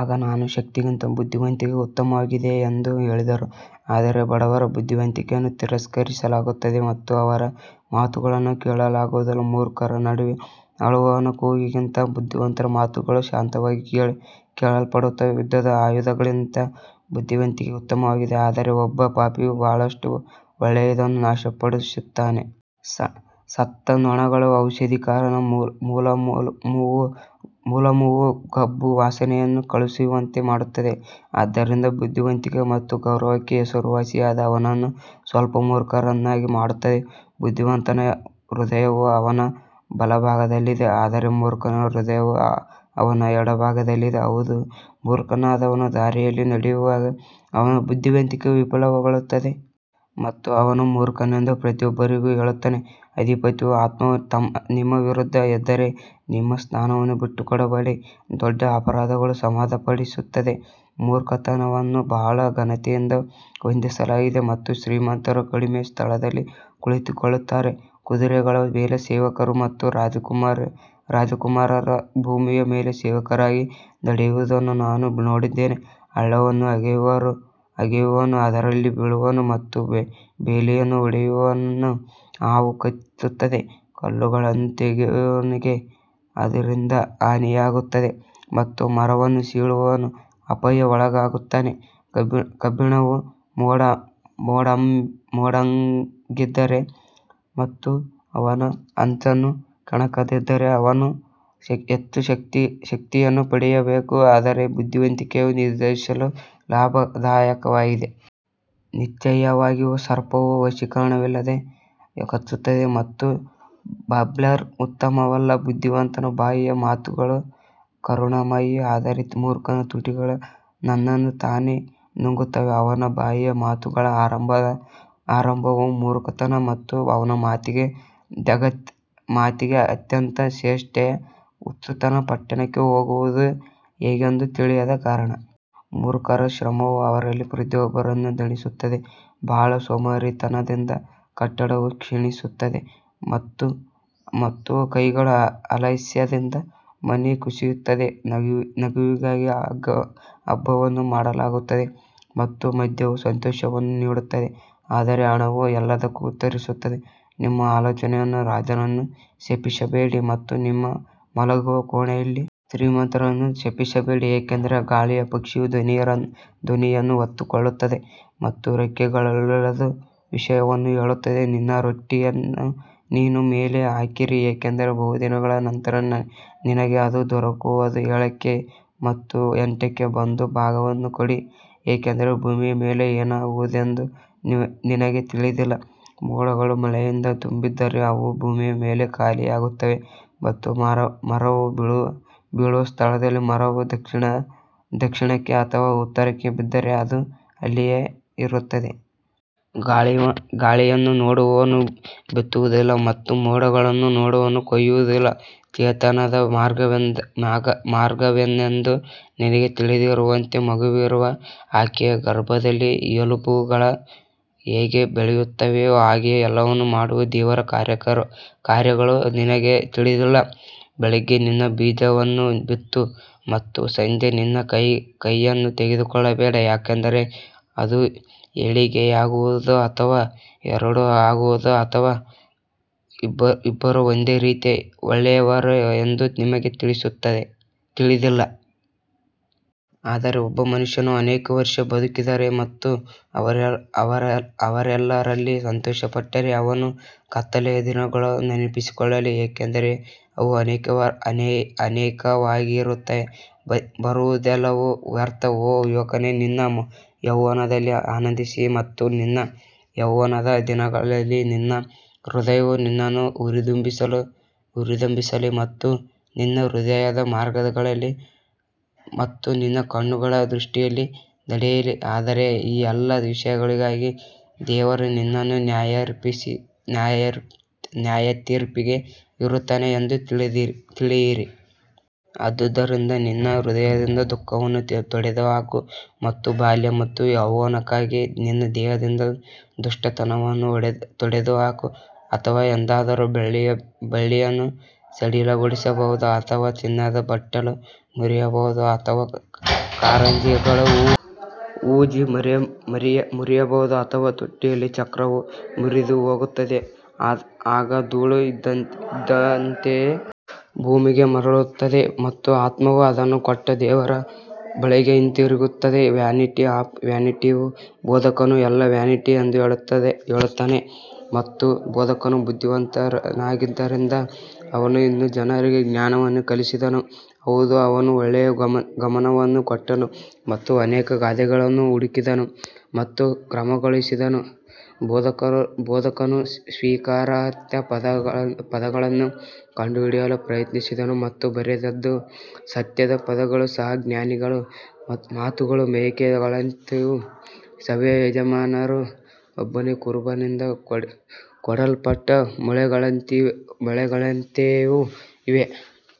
ಆಗ ನಾನು ಶಕ್ತಿಗಿಂತ ಬುದ್ಧಿವಂತಿಕೆ ಉತ್ತಮವಾಗಿದೆ ಎಂದು ಹೇಳಿದರು ಆದರೆ ಬಡವರ ಬುದ್ಧಿವಂತಿಕೆಯನ್ನು ತಿರಸ್ಕರಿಸಲಾಗುತ್ತದೆ ಮತ್ತು ಅವರ ಮಾತುಗಳನ್ನು ಕೇಳಲಾಗುವುದಿಲ್ಲ ಮೂರ್ಖರ ನಡುವೆ ಆಳುವವನ ಕೂಗಿಗಿಂತ ಬುದ್ಧಿವಂತರ ಮಾತುಗಳು ಶಾಂತವಾಗಿ ಕೇಳಲ್ಪಡುತ್ತವೆ ಯುದ್ಧದ ಆಯುಧಗಳಿಗಿಂತ ಬುದ್ಧಿವಂತಿಕೆ ಉತ್ತಮವಾಗಿದೆ ಆದರೆ ಒಬ್ಬ ಪಾಪಿಯು ಬಹಳಷ್ಟು ಒಳ್ಳೆಯದನ್ನು ನಾಶಪಡಿಸುತ್ತಾನೆ ಸತ್ತ ನೊಣಗಳು ಔಷಧಿಕಾರನ ಮುಲಾಮುವು ಗಬ್ಬು ವಾಸನೆಯನ್ನು ಕಳುಹಿಸುವಂತೆ ಮಾಡುತ್ತದೆ, ಆದ್ದರಿಂದ ಬುದ್ಧಿವಂತಿಕೆ ಮತ್ತು ಗೌರವಕ್ಕೆ ಹೆಸರುವಾಸಿಯಾದ ಅವನನ್ನು ಸ್ವಲ್ಪ ಮೂರ್ಖರನ್ನಾಗಿ ಮಾಡುತ್ತದೆ ಬುದ್ಧಿವಂತನ ಹೃದಯವು ಅವನ ಬಲಭಾಗದಲ್ಲಿದೆ ಆದರೆ ಮೂರ್ಖನ ಹೃದಯವು ಅವನ ಎಡಭಾಗದಲ್ಲಿದೆ ಹೌದು, ಮೂರ್ಖನಾದವನು ದಾರಿಯಲ್ಲಿ ನಡೆಯುವಾಗ ಅವನ ಬುದ್ಧಿವಂತಿಕೆಯು ವಿಫಲಗೊಳ್ಳುತ್ತದೆ ಮತ್ತು ಅವನು ಮೂರ್ಖನೆಂದು ಪ್ರತಿಯೊಬ್ಬರಿಗೂ ಹೇಳುತ್ತಾನೆ ಅಧಿಪತಿಯ ಆತ್ಮವು ನಿಮ್ಮ ವಿರುದ್ಧ ಎದ್ದರೆ ನಿಮ್ಮ ಸ್ಥಾನವನ್ನು ಬಿಟ್ಟುಕೊಡಬೇಡಿ ದೊಡ್ಡ ಅಪರಾಧಗಳನ್ನು ಸಮಾಧಾನಪಡಿಸುತ್ತದೆ ಮೂರ್ಖತನವನ್ನು ಬಹಳ ಘನತೆಯಿಂದ ಹೊಂದಿಸಲಾಗಿದೆ ಮತ್ತು ಶ್ರೀಮಂತರು ಕಡಿಮೆ ಸ್ಥಳದಲ್ಲಿ ಕುಳಿತುಕೊಳ್ಳುತ್ತಾರೆ ಕುದುರೆಗಳ ಮೇಲೆ ಸೇವಕರು ಮತ್ತು ರಾಜಕುಮಾರರು ಭೂಮಿಯ ಮೇಲೆ ಸೇವಕರಾಗಿ ನಡೆಯುವುದನ್ನು ನಾನು ನೋಡಿದ್ದೇನೆ ಹಳ್ಳವನ್ನು ಅಗೆಯುವವನು ಅದರಲ್ಲಿ ಬೀಳುವನು ಮತ್ತು ಬೇಲಿಯನ್ನು ಒಡೆಯುವವನನ್ನು ಹಾವು ಕಚ್ಚುತ್ತದೆ ಕಲ್ಲುಗಳನ್ನು ತೆಗೆಯುವವನಿಗೆ ಅದರಿಂದ ಹಾನಿಯಾಗುತ್ತದೆ ಮತ್ತು ಮರವನ್ನು ಸೀಳುವವನು ಅಪಾಯಕ್ಕೆ ಒಳಗಾಗುತ್ತಾನೆ ಕಬ್ಬಿಣವು ಮೊಂಡಾಗಿದ್ದರೆ ಮತ್ತು ಅವನು ಅಂಚನ್ನು ಕೆಣಕದಿದ್ದರೆ, ಅವನು ಹೆಚ್ಚು ಶಕ್ತಿಯನ್ನು ಪಡೆಯಬೇಕು ಆದರೆ ಬುದ್ಧಿವಂತಿಕೆಯು ನಿರ್ದೇಶಿಸಲು ಲಾಭದಾಯಕವಾಗಿದೆ. ನಿಶ್ಚಯವಾಗಿಯೂ ಸರ್ಪವು ವಶೀಕರಣವಿಲ್ಲದೆ ಕಚ್ಚುತ್ತದೆ ಮತ್ತು ಬಬ್ಲರ್ ಉತ್ತಮವಲ್ಲ ಬುದ್ಧಿವಂತನ ಬಾಯಿಯ ಮಾತುಗಳು ಕರುಣಾಮಯಿ ಆದರೆ ಮೂರ್ಖನ ತುಟಿಗಳು ತನ್ನನ್ನು ತಾನೇ ನುಂಗುತ್ತವೆ ಅವನ ಬಾಯಿಯ ಮಾತುಗಳ ಆರಂಭವು ಮೂರ್ಖತನ ಮತ್ತು ಅವನ ಮಾತಿನ ಅಂತ್ಯವು ಚೇಷ್ಟೆಯ ಹುಚ್ಚುತನ ಪಟ್ಟಣಕ್ಕೆ ಹೋಗುವುದು ಹೇಗೆಂದು ತಿಳಿಯದ ಕಾರಣ ಮೂರ್ಖರ ಶ್ರಮವು ಅವರಲ್ಲಿ ಪ್ರತಿಯೊಬ್ಬರನ್ನು ದಣಿಸುತ್ತದೆ ಬಹಳ ಸೋಮಾರಿತನದಿಂದ ಕಟ್ಟಡವು ಕ್ಷೀಣಿಸುತ್ತದೆ ಮತ್ತು ಕೈಗಳ ಆಲಸ್ಯದಿಂದ ಮನೆ ಕುಸಿಯುತ್ತದೆ ನಗುವಿಗಾಗಿ ಹಬ್ಬವನ್ನು ಮಾಡಲಾಗುತ್ತದೆ ಮತ್ತು ಮದ್ಯವು ಸಂತೋಷವನ್ನು ನೀಡುತ್ತದೆ ಆದರೆ ಹಣವು ಎಲ್ಲದಕ್ಕೂ ಉತ್ತರಿಸುತ್ತದೆ ನಿಮ್ಮ ಆಲೋಚನೆಯಲ್ಲಿ ರಾಜನನ್ನು ಶಪಿಸಬೇಡಿ ಮತ್ತು ನಿಮ್ಮ ಮಲಗುವ ಕೋಣೆಯಲ್ಲಿ ಶ್ರೀಮಂತರನ್ನು ಶಪಿಸಬೇಡಿ ಏಕೆಂದರೆ ಗಾಳಿಯ ಪಕ್ಷಿಯು ಧ್ವನಿಯನ್ನು ಹೊತ್ತುಕೊಳ್ಳುತ್ತದೆ ಮತ್ತು ರೆಕ್ಕೆಗಳುಳ್ಳದ್ದು ವಿಷಯವನ್ನು ಹೇಳುತ್ತದೆ ನಿನ್ನ ರೊಟ್ಟಿಯನ್ನು ನೀರಿನ ಮೇಲೆ ಹಾಕಿರಿ ಏಕೆಂದರೆ ಬಹುದಿನಗಳ ನಂತರ ನಿನಗೆ ಅದು ದೊರಕುವದು ಏಳಕ್ಕೆ ಮತ್ತು ಎಂಟಕ್ಕೆ ಒಂದು ಭಾಗವನ್ನು ಕೊಡಿ ಏಕೆಂದರೆ ಭೂಮಿಯ ಮೇಲೆ ಏನಾಗುವುದೆಂದು ನಿನಗೆ ತಿಳಿದಿಲ್ಲ ಮೋಡಗಳು ಮಳೆಯಿಂದ ತುಂಬಿದ್ದರೆ ಅವು ಭೂಮಿಯ ಮೇಲೆ ಖಾಲಿಯಾಗುತ್ತವೆ ಮತ್ತು ಮರವು ಬೀಳುವ ಸ್ಥಳದಲ್ಲಿ ಮರವು ದಕ್ಷಿಣಕ್ಕೆ ಅಥವಾ ಉತ್ತರಕ್ಕೆ ಬಿದ್ದರೆ ಅದು ಅಲ್ಲಿಯೇ ಇರುತ್ತದೆ. ಗಾಳಿಯನ್ನು ನೋಡುವವನು ಬಿತ್ತುವುದಿಲ್ಲ ಮತ್ತು ಮೋಡಗಳನ್ನು ನೋಡುವವನು ಕೊಯ್ಯುವುದಿಲ್ಲ ಚೇತನದ ಮಾರ್ಗವೇನೆಂದು ನಿನಗೆ ತಿಳಿಯದಿರುವಂತೆ ಮಗುವಿರುವ ಆಕೆಯ ಗರ್ಭದಲ್ಲಿ ಎಲುಬುಗಳು ಹೇಗೆ ಬೆಳೆಯುತ್ತವೆಯೋ ಹಾಗೆಯೇ ಎಲ್ಲವನ್ನೂ ಮಾಡುವ ದೇವರ ಕಾರ್ಯಗಳು ನಿನಗೆ ತಿಳಿದಿಲ್ಲ. ಬೆಳಿಗ್ಗೆ ನಿನ್ನ ಬೀಜವನ್ನು ಬಿತ್ತು ಮತ್ತು ಸಂಜೆ ನಿನ್ನ ಕೈಯನ್ನು ತಡೆದುಕೊಳ್ಳಬೇಡ ಏಕೆಂದರೆ ಅದು ಏಳಿಗೆಯಾಗುವುದೋ ಅಥವಾ ಎರಡೂ ಆಗುವುದೋ ಅಥವಾ ಇಬ್ಬರೂ ಒಂದೇ ರೀತಿ ಒಳ್ಳೆಯವರೋ ಎಂದು ನಿಮಗೆ ತಿಳಿದಿಲ್ಲ. ಆದರೆ ಒಬ್ಬ ಮನುಷ್ಯನು ಅನೇಕ ವರ್ಷ ಬದುಕಿದರೆ ಮತ್ತು ಅವರೆಲ್ಲರಲ್ಲಿ ಸಂತೋಷಪಟ್ಟರೆ ಅವನು ಕತ್ತಲೆಯ ದಿನಗಳನ್ನು ನೆನಪಿಟ್ಟುಕೊಳ್ಳಲಿ, ಏಕೆಂದರೆ ಅವು ಅನೇಕವಾಗಿರುತ್ತವೆ, ಬರುವುದೆಲ್ಲವೂ ವ್ಯರ್ಥ. ಓ ಯುವಕನೇ ನಿನ್ನ ಯೌವನದಲ್ಲಿ ಆನಂದಿಸಿ ಮತ್ತು ನಿನ್ನ ಯೌವನದ ದಿನಗಳಲ್ಲಿ ನಿನ್ನ ಹೃದಯವು ನಿನ್ನನ್ನು ಹುರಿದುಂಬಿಸಲಿ ಮತ್ತು ನಿನ್ನ ಹೃದಯದ ಮಾರ್ಗಗಳಲ್ಲಿ ಮತ್ತು ನಿನ್ನ ಕಣ್ಣುಗಳ ದೃಷ್ಟಿಯಲ್ಲಿ ನಡೆಯಲಿ ಆದರೆ ಈ ಎಲ್ಲಾ ವಿಷಯಗಳಿಗಾಗಿ ದೇವರು ನಿನ್ನನ್ನು ನ್ಯಾಯತೀರ್ಪಿಗೆ ತರುತ್ತಾನೆ ಎಂದು ತಿಳಿಯಿರಿ. ಆದುದರಿಂದ ನಿನ್ನ ಹೃದಯದಿಂದ ದುಃಖವನ್ನು ತೊಡೆದುಹಾಕು ಮತ್ತು ಬಾಲ್ಯ ಮತ್ತು ಯೌವನಕ್ಕಾಗಿ ನಿನ್ನ ದೇಹದಿಂದ ದುಷ್ಟತನವನ್ನು ತೊಡೆದುಹಾಕು ಅಥವಾ ಎಂದಾದರೂ ಬೆಳ್ಳಿಯ ಬಳ್ಳಿಯನ್ನು ಸಡಿಲಗೊಳಿಸಬಹುದು ಅಥವಾ ಚಿನ್ನದ ಬಟ್ಟಲು ಮುರಿಯಬಹುದು ಅಥವಾ ಕಾರಂಜಿಯಲ್ಲಿ ಹೂಜಿ ಮುರಿಯಬಹುದು ಅಥವಾ ತೊಟ್ಟಿಯಲ್ಲಿ ಚಕ್ರವು ಮುರಿದುಹೋಗುತ್ತದೆ ಆಗ ಧೂಳು ಇದ್ದಂತೆಯೇ ಭೂಮಿಗೆ ಮರಳುತ್ತದೆ ಮತ್ತು ಆತ್ಮವು ಅದನ್ನು ಕೊಟ್ಟ ದೇವರ ಬಳಿಗೆ ಹಿಂತಿರುಗುತ್ತದೆ ವ್ಯಾನಿಟಿ ಆಫ್ ವ್ಯಾನಿಟಿಯು ಬೋಧಕನು ಎಲ್ಲಾ ವ್ಯಾನಿಟಿ ಎಂದು ಹೇಳುತ್ತಾನೆ ಮತ್ತು ಬೋಧಕನು ಬುದ್ಧಿವಂತನಾಗಿದ್ದರಿಂದ ಅವನು ಇನ್ನೂ ಜನರಿಗೆ ಜ್ಞಾನವನ್ನು ಕಲಿಸಿದನು, ಹೌದು ಅವನು ಒಳ್ಳೆಯ ಗಮನವನ್ನು ಕೊಟ್ಟನು ಮತ್ತು ಅನೇಕ ಗಾದೆಗಳನ್ನು ಹುಡುಕಿದನು ಮತ್ತು ಕ್ರಮಗೊಳಿಸಿದನು ಬೋಧಕನು ಸ್ವೀಕಾರಾರ್ಹ ಪದಗಳನ್ನು ಕಂಡುಹಿಡಿಯಲು ಪ್ರಯತ್ನಿಸಿದನು ಮತ್ತು ಬರೆದದ್ದು ಸತ್ಯದ ಪದಗಳು ಸಹ ಜ್ಞಾನಿಗಳ ಮಾತುಗಳು ಮೇಕೆಗಳಂತೆಯೂ ಸಭೆಯ ಯಜಮಾನರು ಒಬ್ಬನೇ ಕುರುಬನಿಂದ ಕೊಡಲ್ಪಟ್ಟ ಮೊಳೆಗಳಂತೆಯೂ ಇವೆ.